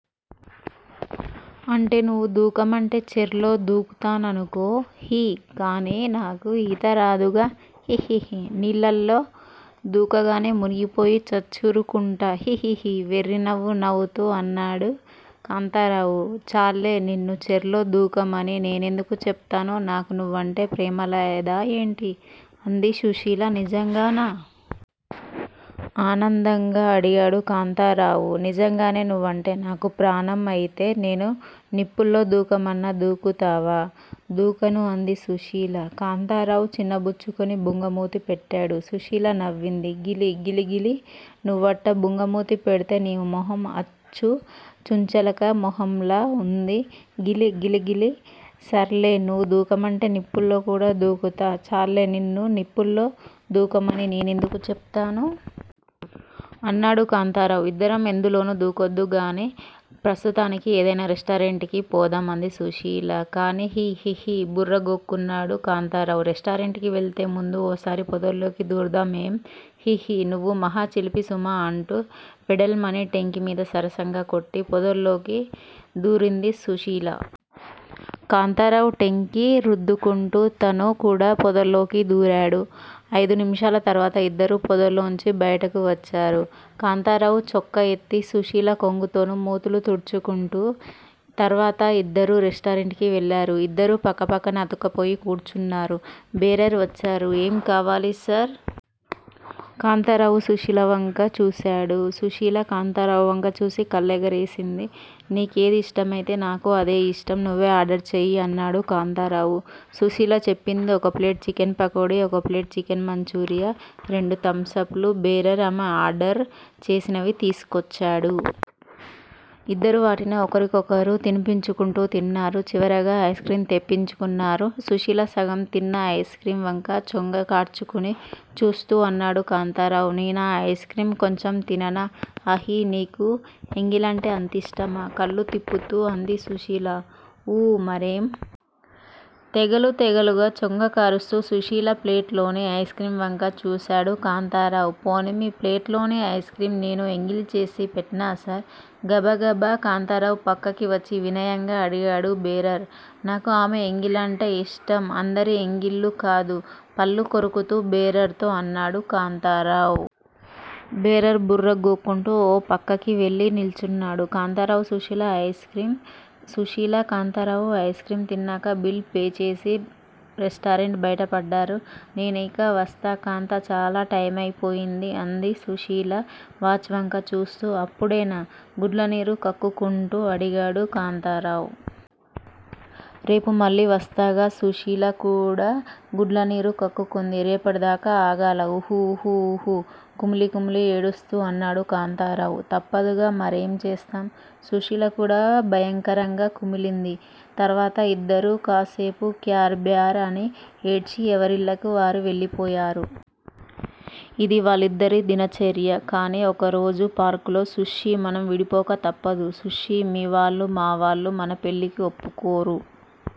అంటే నువ్వు దూకమంటే చర్లో దూకుతాననుకో హి కానీ నాకు ఈతరాదుగా! హిహి నీళ్లలో దూకగానే మునిగిపోయి చచ్చూరుకుంటా హిహిహి వెర్రి నవ్వు నవ్వుతూ అన్నాడు కాంతారావు. చాల్లే నిన్ను చెర్లో దూకమని నేనెందుకు చెప్తాను? నాకు నువ్వంటే ప్రేమలేదా ఏంటి? అంది సుశీల. నిజంగానా? ఆనందంగా అడిగాడు కాంతారావు. నిజంగానే నువ్వంటే నాకు ప్రాణం అయితే నేను నిప్పుల్లో దూకమన్నా దూకుతావా?. దూకను అంది సుశీల. కాంతారావ్ చిన్నబుచ్చుకుని బుంగమూతి పెట్టాడు. సుశీల నవ్వింది. గిలి గిలిగిలి నువ్వట్టా బుంగమూతి పెడ్తే నీ మొహం అచ్చు చుంచెలక మొహంలా ఉంది గిలి గిలిగిలి సర్లే నువ్ దూకమంటే నిప్పుల్లో కూడా దూకుతా చాల్లే నిన్ను నిప్పుల్లో దూకమని నేనెందుకు చెప్తానూ? అన్నాడు కాంతారావ్. ఇద్దరం ఎందులోనూ దూకొద్దుగానీ ప్రస్తుతానికి ఏదైనా రెస్టారెంట్ కి పోదాం అంది సుశీల. కానీ హి హిహి బుర్ర గోక్కున్నాడు కాంతారావ్. రెస్టారెంట్ కి వెళ్ళే ముందు ఓసారి పొదలోకి దూర్దాం ఏం? హిహి నువ్వు మహా చిలిపి సుమా అంటూ ఫెడీల్మని టెంకిమీద సరసంగా కొట్టి పొదలోకి దూరింది సుశీల. కాంతారావ్ టెంకి రుద్దుకుంటూ తను కూడా పొదలోకి దూరాడు. అయిదు నిమిషాల తర్వాత ఇద్దరూ పోదలోంచి బయటకు వచ్చారు. కాంతారావు చొక్కా ఎత్తి, సుశీల కొంగుతోనూ మూతులు తుడ్చుకుంటూ. తర్వాత ఇద్దరూ రెస్టారెంట్ కి వెళ్ళారు. ఇద్దరూ పక్కపక్కగా అతుక్కుపోయి కూర్చున్నారు. బేరార్ వచ్చాడు. ఏం కావాలి సార్? కాంతారావు సుశీల వంక చూశాడు. సుశీల కాంతారావు వంక చూసి కళ్లెగరేసింది. నీకేది ఇష్టమైతే నాకూ అదే ఇష్టం నువ్వే ఆర్డర్ చెయ్యి అన్నాడు కాంతారావు. సుశీల చెప్పింది ఒక ప్లేట్ చికెన్ పకోడి ఒక ప్లేట్ చికెన్ మంచూరియా రెండు థమ్స్ అప్ లు బేరర్ ఆమె ఆర్డర్ చేసినవి తీస్కోచ్చాడు. ఇద్దరూ వాటిని ఒకరికొకరు తినిపించుకుంటూ తిన్నారు. చివరగా ఐస్క్రీం తెప్పించుకున్నారు. సుశీల సగం తిన్న ఐస్ర్కీం వంక చొంగ కార్చుకుని చూస్తూ అన్నాడు కాంతారావ్. నేనా ఐస్ర్కీం కొంచెం తిననా? ఆ! హి! నీకు ఎంగిలంటే అంతిష్టమా? కళ్ళు తిప్పుతూ అంది సుశీల. ఊ మరేం! తీగెలు తీగెలుగా చొంగకారుస్తూ సుశీల ప్లేట్ లోని ఐస్ర్కీం వంక చూశాడు కాంతారావ్. పోనీ! మీ ప్లేట్ లోని ఐస్ర్కీం నేను ఎంగిలి చేసి పెట్నా సార్? గబగబా కాంతారావ్ పక్కకి వచ్చి వినయంగా అడిగాడు బేరర్. నాకు ఆమె ఎంగిలంటే ఇష్టం అందరి ఎంగిళ్ళూ కాదు పళ్ళు కొరుకుతూ బేరర్ తో అన్నాడు కాంతారావ్. బేరర్ బుర్ర గోక్కుంటూ ఓ పక్కకి వెళ్ళి నిల్చున్నాడు. కాంతారావు సుశీల ఐస్ర్కీం, సుశీల కాంతారావు ఐస్ర్కీం తిన్నాక బిల్ పే చేసి రెస్టారెంట్ బయటపడ్డారు. నేనిక వస్తా కాంతా చాలా టైమైపోయింది అంది సుశీల వాచ్ వంక చూస్తూ. అప్పుడేనా? గుడ్లనీరు కక్కుకుంటూ అడిగాడు కాంతారావ్. రేపు మళ్ళీ వస్తాగా సుశీల కూడా గుడ్లనీరు కక్కుకుంది. రేపటిదాకా ఆగాలా? ఉహు ఉహు ఉహు కుమిలి కుమిలి ఏడుస్తూ అన్నాడు కాంతారావ్. తప్పదుగా మరేం చేస్తాం? సుశీల కూడా భయకరంగా కుమిలింది. తర్వాత ఇద్దరూ కాస్సేపు క్యార్ బ్యార్ అని ఏడ్చి ఎవరిళ్ళకి వాళ్ళు వెళ్ళిపోయారు. ఇది వాళ్లిద్దరి దినచర్య. కానీ ఒకరోజు పార్కులో సుశ్శీ మనం విడిపోక తప్పదు సుశ్శీ మీ వాళ్ళూ మా వాళ్ళూ మన పెళ్ళికి ఒప్పుకోరు.